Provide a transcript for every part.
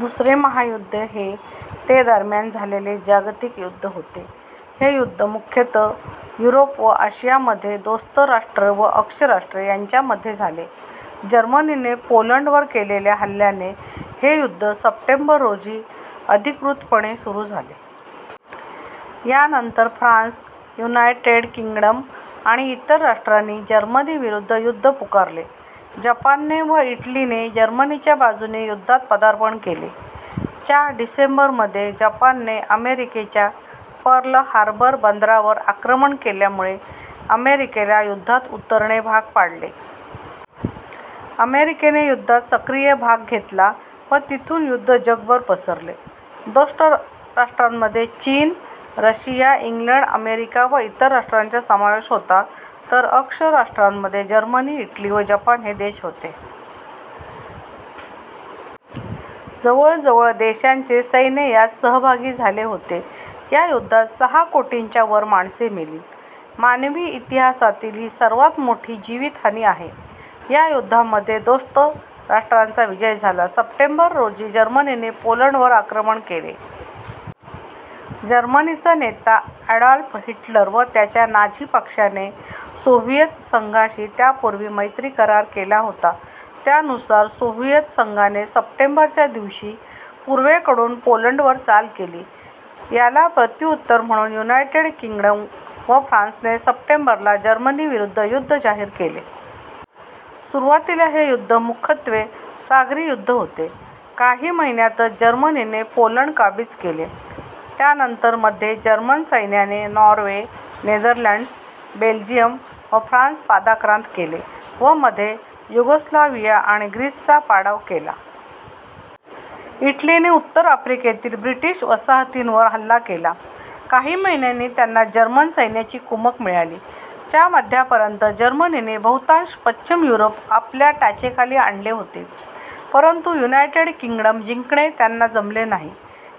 दुसरे महायुद्ध हे ते दरम्यान झालेले जागतिक युद्ध होते. हे युद्ध मुख्यतः युरोप व आशियामध्ये दोस्त राष्ट्रे व अक्ष राष्ट्रे यांच्या मध्ये झाले. जर्मनीने पोलंडवर केलेल्या हल्ल्याने हे युद्ध सप्टेंबर रोजी अधिकृतपणे सुरू झाले. यानंतर फ्रान्स, युनायटेड किंग्डम आणि इतर राष्ट्रांनी जर्मनी विरुद्ध युद्ध पुकारले. जपानने व इटलीने जर्मनीच्या बाजूने युद्धात पदार्पण केले. च्या डिसेंबरमध्ये जपानने अमेरिकेच्या पर्ल हार्बर बंदरावर आक्रमण केल्यामुळे अमेरिकेला युद्धात उतरणे भाग पाडले. अमेरिकेने युद्धात सक्रिय भाग घेतला व तेथून युद्ध जगभर पसरले. दोस्त राष्ट्रांमध्ये चीन, रशिया, इंग्लंड, अमेरिका व इतर राष्ट्रांचा समावेश होता, तर अक्ष राष्ट्रांमध्ये जर्मनी, इटली व जपान हे देश होते. जवळ जवळ देशांचे सैन्य यात सहभागी झाले होते. या युद्धात सहा कोटींच्यावर माणसे मेली. मानवी इतिहासातील ही सर्वांत मोठी जीवितहानी आहे. या युद्धामध्ये दोस्त राष्ट्रांचा विजय झाला. सप्टेंबर, रोजी जर्मनीने पोलंडवर आक्रमण केले. जर्मनीचा नेता ॲडॉल्फ हिटलर व त्याच्या नाझी पक्षाने सोव्हिएत संघाशी त्यापूर्वी मैत्री-करार केला होता. त्यानुसार सोव्हिएत संघाने सप्टेंबर च्या दिवशी पूर्वेकडून पोलंडवर चाल केली. याला प्रत्युत्तर म्हणून युनायटेड किंग्डम व फ्रान्सने सप्टेंबर ला जर्मनीविरुद्ध युद्ध जाहीर केले. सुरुवातीला हे युद्ध मुख्यत्वे सागरी युद्ध होते. काही महिन्यातच जर्मनीने पोलंड काबीज केले. त्यानंतर मध्ये जर्मन सैन्याने नॉर्वे, नेदरलँड्स, बेल्जियम व फ्रान्स पादाक्रांत केले व मध्ये युगोस्लाव्हिया आणि ग्रीसचा पाडाव केला. इटलीने उत्तर आफ्रिकेतील ब्रिटिश वसाहतींवर हल्ला केला. काही महिन्यांनी त्यांना जर्मन सैन्याची कुमक मिळाली. च्या मध्यापर्यंत जर्मनीने बहुतांश पश्चिम युरोप आपल्या टाचेखाली आणले होते परंतु युनायटेड किंग्डम जिंकणे त्यांना जमले नाही.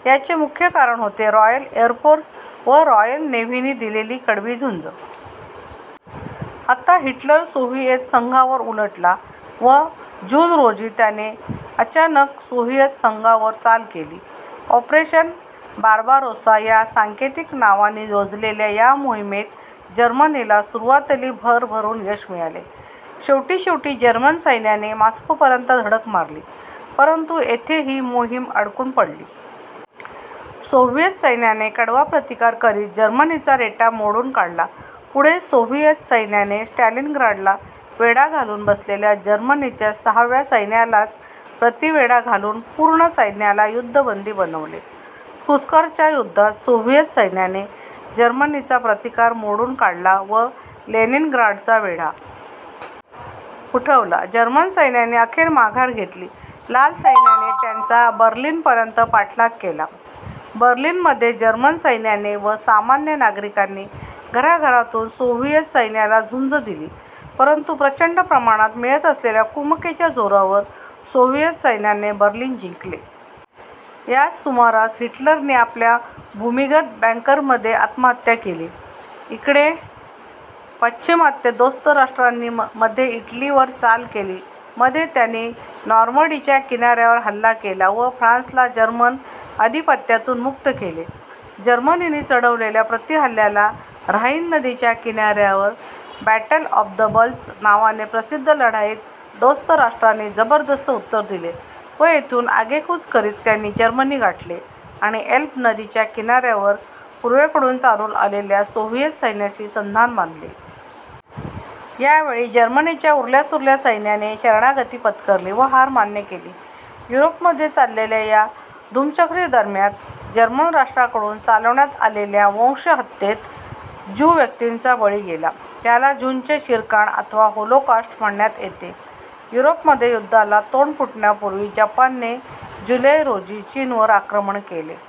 याचे मुख्य कारण होते रॉयल एर फोर्स व रॉयल नेव्हीने दिलेली कडवी झुंज. आता हिटलर सोव्हिएत संघावर उलटला व जून, रोजी त्याने अचानक सोव्हिएत संघावर चाल केली. ऑपरेशन बार्बारोसा या सांकेतिक नावाने योजलेल्या या मोहिमेत जर्मनीला सुरुवातीला भरभरून यश मिळाले. शेवटीशेवटी जर्मन सैन्याने मॉस्कोपर्यंत धडक मारली परंतु येथे ही मोहीम अडकून पडली. सोव्हिएत सैन्याने कडवा प्रतिकार करीत जर्मनीचा रेटा मोडून काढला. पुढे सोव्हिएत सैन्याने स्टालिनग्राडला वेढा घालून बसलेल्या जर्मनीच्या सहाव्या सैन्यालाच प्रतिवेढा घालुन पूर्ण सैन्याला युद्धबंदी बनवले. कुर्स्कच्या युद्धात सोव्हिएत सैन्याने जर्मनीचा प्रतिकार मोडून काढला व लेनिनग्राडचा वेढा. उठवला. जर्मन सैन्याने अखेर माघार घेतली. लाल सैन्याने त्यांचा बर्लिनपर्यंत पाठलाग केला. बर्लिनमध्ये जर्मन सैन्याने व सामान्य नागरिकांनी घराघरातून सोव्हिएत सैन्याला झुंज दिली परंतु प्रचंड प्रमाणात मिळत असलेल्या कुमकेच्या जोरावर सोव्हिएत सैन्याने बर्लिन जिंकले. याच सुमारास हिटलरने आपल्या भूमिगत बंकरमध्ये आत्महत्त्या केली. इकडे पाश्चिमात्य दोस्त राष्ट्रांनी मध्ये इटलीवर चाल केली. मध्ये त्यांनी नॉर्मंडीच्या किनाऱ्यावर हल्ला केला व फ्रान्सला जर्मन आधिपत्यातून मुक्त केले. जर्मनीने चढवलेल्या प्रतिहल्ल्याला ऱ्हाईन नदीच्या किनाऱ्यावर बॅटल ऑफ द बल्ज नावाने प्रसिद्ध लढाईत दोस्त राष्ट्रांनी जबरदस्त उत्तर दिले व येथून आगेकूच करित त्यांनी जर्मनी गाठले आणि एल्ब नदीच्या किनाऱ्यावर पूर्वेकडून चालून आलेल्या सोव्हिएत सैन्याशी संधान बांधले. यावेळी जर्मनीच्या उरल्यासुरल्या सैन्याने शरणागती पत्करली व हार मान्य केली. युरोपमध्ये चाललेल्या या धुमश्चक्री दरम्यान जर्मन राष्ट्राकडून चालविण्यात आलेल्या वंश हत्येत ज्यू व्यक्तींचा बळी गेला. याला ज्यूंचे शिरकाण अथवा होलोकॉस्ट म्हणण्यात येते. युरोपमध्ये युद्धाला तोंड फुटण्यापूर्वी जपानने जुलै, रोजी चीनवर आक्रमण केले.